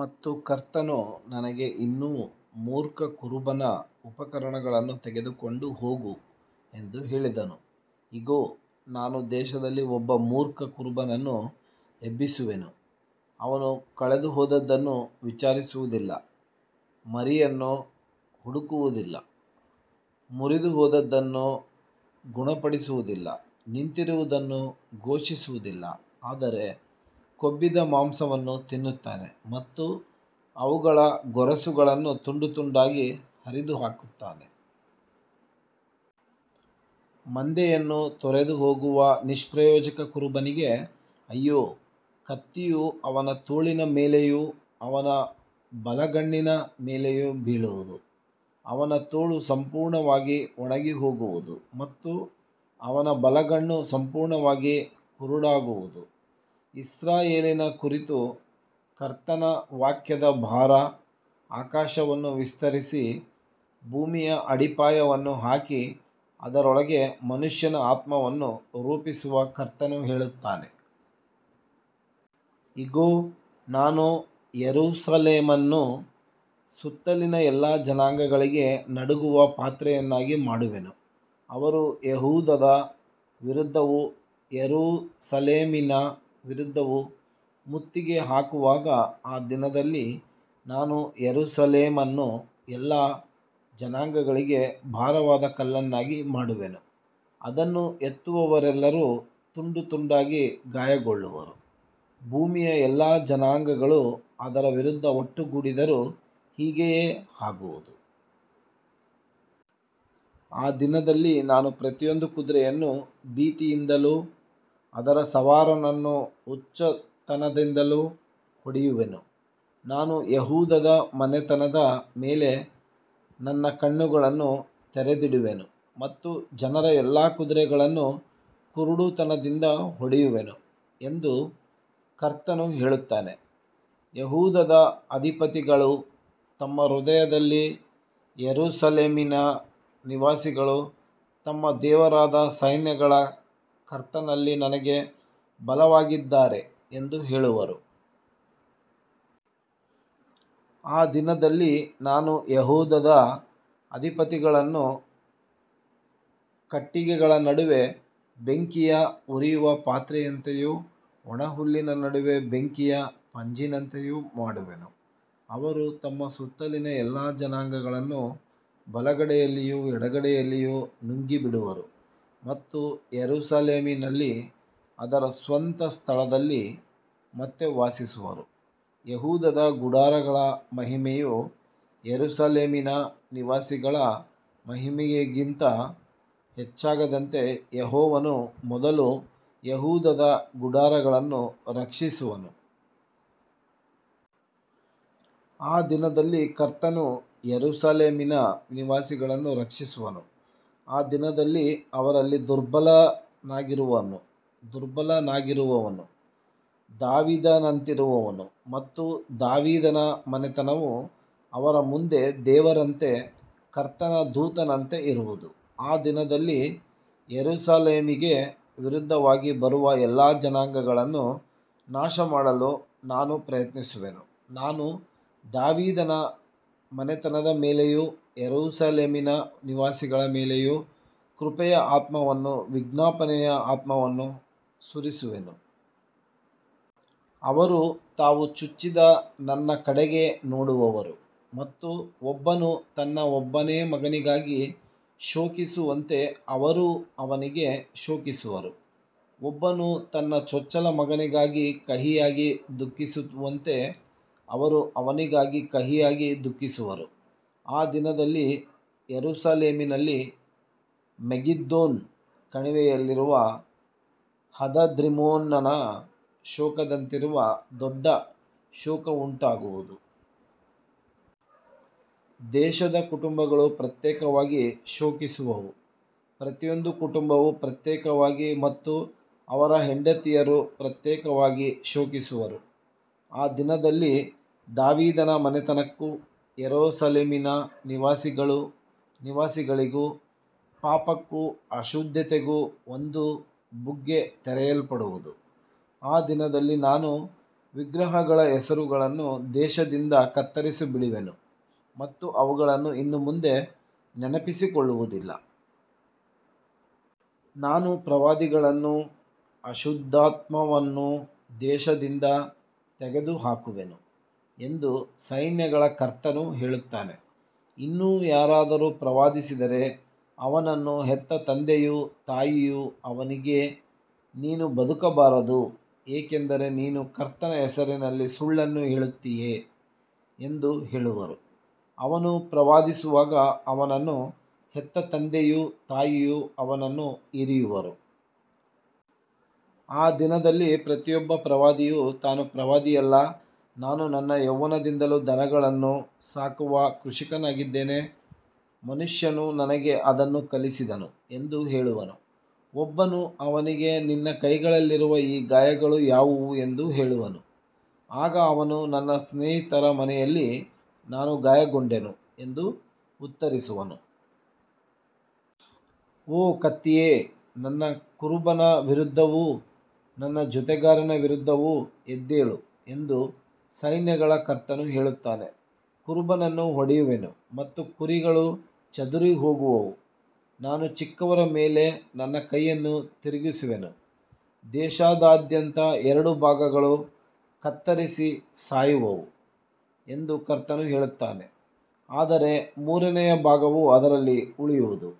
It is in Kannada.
ಮತ್ತು ಕರ್ತನು ನನಗೆ ಇನ್ನೂ ಮೂರ್ಖ ಕುರುಬನ ಉಪಕರಣಗಳನ್ನು ತೆಗೆದುಕೊಂಡು ಹೋಗು ಎಂದು ಹೇಳಿದನು. ಇಗೋ, ನಾನು ದೇಶದಲ್ಲಿ ಒಬ್ಬ ಮೂರ್ಖ ಕುರುಬನನ್ನು ಎಬ್ಬಿಸುವೆನು. ಅವನು ಕಳೆದುಹೋದದ್ದನ್ನು ವಿಚಾರಿಸುವುದಿಲ್ಲ, ಮರಿಯನ್ನು ಹುಡುಕುವುದಿಲ್ಲ, ಮುರಿದುಹೋದದ್ದನ್ನು ಗುಣಪಡಿಸುವುದಿಲ್ಲ, ನಿಂತಿರುವುದನ್ನು ಪೋಷಿಸುವುದಿಲ್ಲ, ಆದರೆ ಕೊಬ್ಬಿದ ಮಾಂಸವನ್ನು ತಿನ್ನುತ್ತಾನೆ ಮತ್ತು ಅವುಗಳ ಗೊರಸುಗಳನ್ನು ತುಂಡು ತುಂಡಾಗಿ ಹರಿದುಹಾಕುತ್ತಾನೆ. ಮಂದೆಯನ್ನು ತೊರೆದುಹೋಗುವ ನಿಷ್ಪ್ರಯೋಜಕ ಕುರುಬನಿಗೆ ಅಯ್ಯೋ. ಕತ್ತಿಯು ಅವನ ತೋಳಿನ ಮೇಲೆಯೂ ಅವನ ಬಲಗಣ್ಣಿನ ಮೇಲೆಯೂ ಬೀಳುವುದು. ಅವನ ತೋಳು ಸಂಪೂರ್ಣವಾಗಿ ಒಣಗಿಹೋಗುವುದು ಮತ್ತು ಅವನ ಬಲಗಣ್ಣು ಸಂಪೂರ್ಣವಾಗಿ ಕುರುಡಾಗುವುದು. ಇಸ್ರಾಯೇಲಿನ ಕುರಿತು ಕರ್ತನ ವಾಕ್ಯದ ಭಾರ. ಆಕಾಶವನ್ನು ವಿಸ್ತರಿಸಿ, ಭೂಮಿಯ ಅಡಿಪಾಯವನ್ನು ಹಾಕಿ, ಅದರೊಳಗೆ ಮನುಷ್ಯನ ಆತ್ಮವನ್ನು ರೂಪಿಸುವ ಕರ್ತನು ಹೇಳುತ್ತಾನೆ. ಇಗೋ, ನಾನು ಯೆರೂಸಲೇಮನ್ನು ಸುತ್ತಲಿನ ಎಲ್ಲಾ ಜನಾಂಗಗಳಿಗೆ ನಡುಗುವ ಪಾತ್ರೆಯನ್ನಾಗಿ ಮಾಡುವೆನು, ಅವರು ಯೆಹೂದದ ವಿರುದ್ಧವೂ ಯೆರೂಸಲೇಮಿನ ವಿರುದ್ಧವೂ ಮುತ್ತಿಗೆ ಹಾಕುವಾಗ. ಆ ದಿನದಲ್ಲಿ ನಾನು ಯೆರೂಸಲೇಮನ್ನು ಎಲ್ಲಾ ಜನಾಂಗಗಳಿಗೆ ಭಾರವಾದ ಕಲ್ಲನ್ನಾಗಿ ಮಾಡುವೆನು. ಅದನ್ನು ಎತ್ತುವವರೆಲ್ಲರೂ ತುಂಡು ತುಂಡಾಗಿ ಗಾಯಗೊಳ್ಳುವರು. ಭೂಮಿಯ ಎಲ್ಲಾ ಜನಾಂಗಗಳು ಅದರ ವಿರುದ್ಧ ಒಟ್ಟುಗೂಡಿದರೂ ಹೀಗೆಯೇ ಆಗುವುದು. ಆ ದಿನದಲ್ಲಿ ನಾನು ಪ್ರತಿಯೊಂದು ಕುದುರೆಯನ್ನು ಭೀತಿಯಿಂದಲೂ ಅದರ ಸವಾರನನ್ನು ಹುಚ್ಚುತನದಿಂದಲೂ ಹೊಡೆಯುವೆನು. ನಾನು ಯೆಹೂದದ ಮನೆತನದ ಮೇಲೆ ನನ್ನ ಕಣ್ಣುಗಳನ್ನು ತೆರೆದಿಡುವೆನು ಮತ್ತು ಜನರ ಎಲ್ಲಾ ಕುದುರೆಗಳನ್ನು ಕುರುಡುತನದಿಂದ ಹೊಡೆಯುವೆನು ಎಂದು ಕರ್ತನು ಹೇಳುತ್ತಾನೆ. ಯೆಹೂದದ ಅಧಿಪತಿಗಳು ತಮ್ಮ ಹೃದಯದಲ್ಲಿ ಯೆರೂಸಲೇಮಿನ ನಿವಾಸಿಗಳು ತಮ್ಮ ದೇವರಾದ ಸೈನ್ಯಗಳ ಕರ್ತನಲ್ಲಿ ನನಗೆ ಬಲವಾಗಿದ್ದಾರೆ ಎಂದು ಹೇಳುವರು. ಆ ದಿನದಲ್ಲಿ ನಾನು ಯೆಹೂದದ ಅಧಿಪತಿಗಳನ್ನು ಕಟ್ಟಿಗೆಗಳ ನಡುವೆ ಬೆಂಕಿಯ ಉರಿಯುವ ಪಾತ್ರೆಯಂತೆಯೂ, ಒಣ ಹುಲ್ಲಿನ ನಡುವೆ ಬೆಂಕಿಯ ಪಂಜಿನಂತೆಯೂ ಮಾಡುವೆನು. ಅವರು ತಮ್ಮ ಸುತ್ತಲಿನ ಎಲ್ಲಾ ಜನಾಂಗಗಳನ್ನು ಬಲಗಡೆಯಲ್ಲಿಯೂ ಎಡಗಡೆಯಲ್ಲಿಯೂ ನುಂಗಿಬಿಡುವರು ಮತ್ತು ಯೆರೂಸಲೇಮಿನಲ್ಲಿ ಅದರ ಸ್ವಂತ ಸ್ಥಳದಲ್ಲಿ ಮತ್ತೆ ವಾಸಿಸುವರು. ಯೆಹೂದದ ಗುಡಾರಗಳ ಮಹಿಮೆಯು ಯೆರೂಸಲೇಮಿನ ನಿವಾಸಿಗಳ ಮಹಿಮೆಯಿಗಿಂತ ಹೆಚ್ಚಾಗದಂತೆ ಯೆಹೋವನು ಮೊದಲು ಯೆಹೂದದ ಗುಡಾರಗಳನ್ನು ರಕ್ಷಿಸುವನು. ಆ ದಿನದಲ್ಲಿ ಕರ್ತನು ಯೆರೂಸಲೇಮಿನ ನಿವಾಸಿಗಳನ್ನು ರಕ್ಷಿಸುವನು. ಆ ದಿನದಲ್ಲಿ ಅವರಲ್ಲಿ ದುರ್ಬಲನಾಗಿರುವವನು ದಾವೀದನಂತಿರುವನು ಮತ್ತು ದಾವೀದನ ಮನೆತನವು ಅವರ ಮುಂದೆ ದೇವರಂತೆ, ಕರ್ತನ ದೂತನಂತೆ ಇರುವುದು. ಆ ದಿನದಲ್ಲಿ ಯೆರೂಸಲೇಮಿಗೆ ವಿರುದ್ಧವಾಗಿ ಬರುವ ಎಲ್ಲಾ ಜನಾಂಗಗಳನ್ನು ನಾಶಮಾಡಲು ನಾನು ಪ್ರಯತ್ನಿಸುವೆನು. ನಾನು ದಾವೀದನ ಮನೆತನದ ಮೇಲೆಯೂ ಯೆರೂಸಲೇಮಿನ ನಿವಾಸಿಗಳ ಮೇಲೆಯೂ ಕೃಪೆಯ ಆತ್ಮವನ್ನೂ ವಿಜ್ಞಾಪನೆಯ ಆತ್ಮವನ್ನೂ ಸುರಿಸುವೆನು. ಅವರು ತಾವು ಚುಚ್ಚಿದ ನನ್ನ ಕಡೆಗೆ ನೋಡುವರು ಮತ್ತು ಒಬ್ಬನು ತನ್ನ ಒಬ್ಬನೇ ಮಗನಿಗಾಗಿ ಶೋಕಿಸುವಂತೆ ಅವರೂ ಅವನಿಗಾಗಿ ಶೋಕಿಸುವರು. ಒಬ್ಬನು ತನ್ನ ಚೊಚ್ಚಲ ಮಗನಿಗಾಗಿ ಕಹಿಯಾಗಿ ದುಃಖಿಸುವಂತೆ ಅವರು ಅವನಿಗಾಗಿ ಕಹಿಯಾಗಿ ದುಃಖಿಸುವರು. ಆ ದಿನದಲ್ಲಿ ಯೆರೂಸಲೇಮಿನಲ್ಲಿ ಮೆಗಿದ್ದೋನ್ ಕಣಿವೆಯಲ್ಲಿರುವ ಹದದ್ರಿಮ್ಮೋನನ ಶೋಕದಂತಿರುವ ದೊಡ್ಡ ಶೋಕವುಂಟಾಗುವುದು. ದೇಶದ ಕುಟುಂಬಗಳು ಪ್ರತ್ಯೇಕವಾಗಿ ಶೋಕಿಸುವವು, ಪ್ರತಿಯೊಂದು ಕುಟುಂಬವೂ ಪ್ರತ್ಯೇಕವಾಗಿ ಮತ್ತು ಅವರ ಹೆಂಡತಿಯರೂ ಪ್ರತ್ಯೇಕವಾಗಿ ಶೋಕಿಸುವರು. ಆ ದಿನದಲ್ಲಿ ದಾವೀದನ ಮನೆತನಕ್ಕೂ ಯೆರೂಸಲೇಮಿನ ನಿವಾಸಿಗಳಿಗೂ ಪಾಪಕ್ಕೂ ಅಶುದ್ಧತೆಗೂ ಒಂದು ಬುಗ್ಗೆ ತೆರೆಯಲ್ಪಡುವುದು. ಆ ದಿನದಲ್ಲಿ ನಾನು ವಿಗ್ರಹಗಳ ಹೆಸರುಗಳನ್ನು ದೇಶದಿಂದ ಕತ್ತರಿಸಿಬಿಡುವೆನು ಮತ್ತು ಅವುಗಳನ್ನು ಇನ್ನು ಮುಂದೆ ನೆನಪಿಸಿಕೊಳ್ಳುವುದಿಲ್ಲ. ನಾನು ಪ್ರವಾದಿಗಳನ್ನೂ ಅಶುದ್ಧಾತ್ಮವನ್ನೂ ದೇಶದಿಂದ ತೆಗೆದುಹಾಕುವೆನು ಎಂದು ಸೈನ್ಯಗಳ ಕರ್ತನು ಹೇಳುತ್ತಾನೆ. ಇನ್ನೂ ಯಾರಾದರೂ ಪ್ರವಾದಿಸಿದರೆ, ಅವನನ್ನು ಹೆತ್ತ ತಂದೆಯೂ ತಾಯಿಯೂ ಅವನಿಗೆ, ನೀನು ಬದುಕಬಾರದು, ಏಕೆಂದರೆ ನೀನು ಕರ್ತನ ಹೆಸರಿನಲ್ಲಿ ಸುಳ್ಳನ್ನು ಹೇಳುತ್ತೀಯೆ ಎಂದು ಹೇಳುವರು. ಅವನು ಪ್ರವಾದಿಸುವಾಗ ಅವನನ್ನು ಹೆತ್ತ ತಂದೆಯೂ ತಾಯಿಯೂ ಅವನನ್ನು ಇರಿಯುವರು. ಆ ದಿನದಲ್ಲಿ ಪ್ರತಿಯೊಬ್ಬ ಪ್ರವಾದಿಯೂ ತಾನು ಪ್ರವಾದಿಯಲ್ಲ, ನಾನು ನನ್ನ ಯೌವನದಿಂದಲೂ ದನಗಳನ್ನು ಸಾಕುವ ಕೃಷಿಕನಾಗಿದ್ದೇನೆ, ಮನುಷ್ಯನು ನನಗೆ ಅದನ್ನು ಕಲಿಸಿದನು ಎಂದು ಹೇಳುವನು. ಒಬ್ಬನು ಅವನಿಗೆ, ನಿನ್ನ ಕೈಗಳಲ್ಲಿರುವ ಈ ಗಾಯಗಳು ಯಾವುವು ಎಂದು ಕೇಳುವನು. ಆಗ ಅವನು, ನನ್ನ ಸ್ನೇಹಿತರ ಮನೆಯಲ್ಲಿ ನಾನು ಗಾಯಗೊಂಡೆನು ಎಂದು ಉತ್ತರಿಸುವನು. ಓ ಕತ್ತಿಯೇ, ನನ್ನ ಕುರುಬನ ವಿರುದ್ಧವೂ ನನ್ನ ಜೊತೆಗಾರನ ವಿರುದ್ಧವೂ ಎದ್ದೇಳು ಎಂದು ಸೈನ್ಯಗಳ ಕರ್ತನು ಹೇಳುತ್ತಾನೆ. ಕುರುಬನನ್ನು ಹೊಡೆಯುವೆನು ಮತ್ತು ಕುರಿಗಳು ಚದುರಿಹೋಗುವವು. ನಾನು ಚಿಕ್ಕವರ ಮೇಲೆ ನನ್ನ ಕೈಯನ್ನು ತಿರುಗಿಸುವೆನು. ದೇಶದಾದ್ಯಂತ ಎರಡು ಭಾಗಗಳು ಕತ್ತರಿಸಿ ಸಾಯುವವು ಎಂದು ಕರ್ತನು ಹೇಳುತ್ತಾನೆ, ಆದರೆ ಮೂರನೆಯ ಭಾಗವು ಅದರಲ್ಲಿ ಉಳಿಯುವುದು.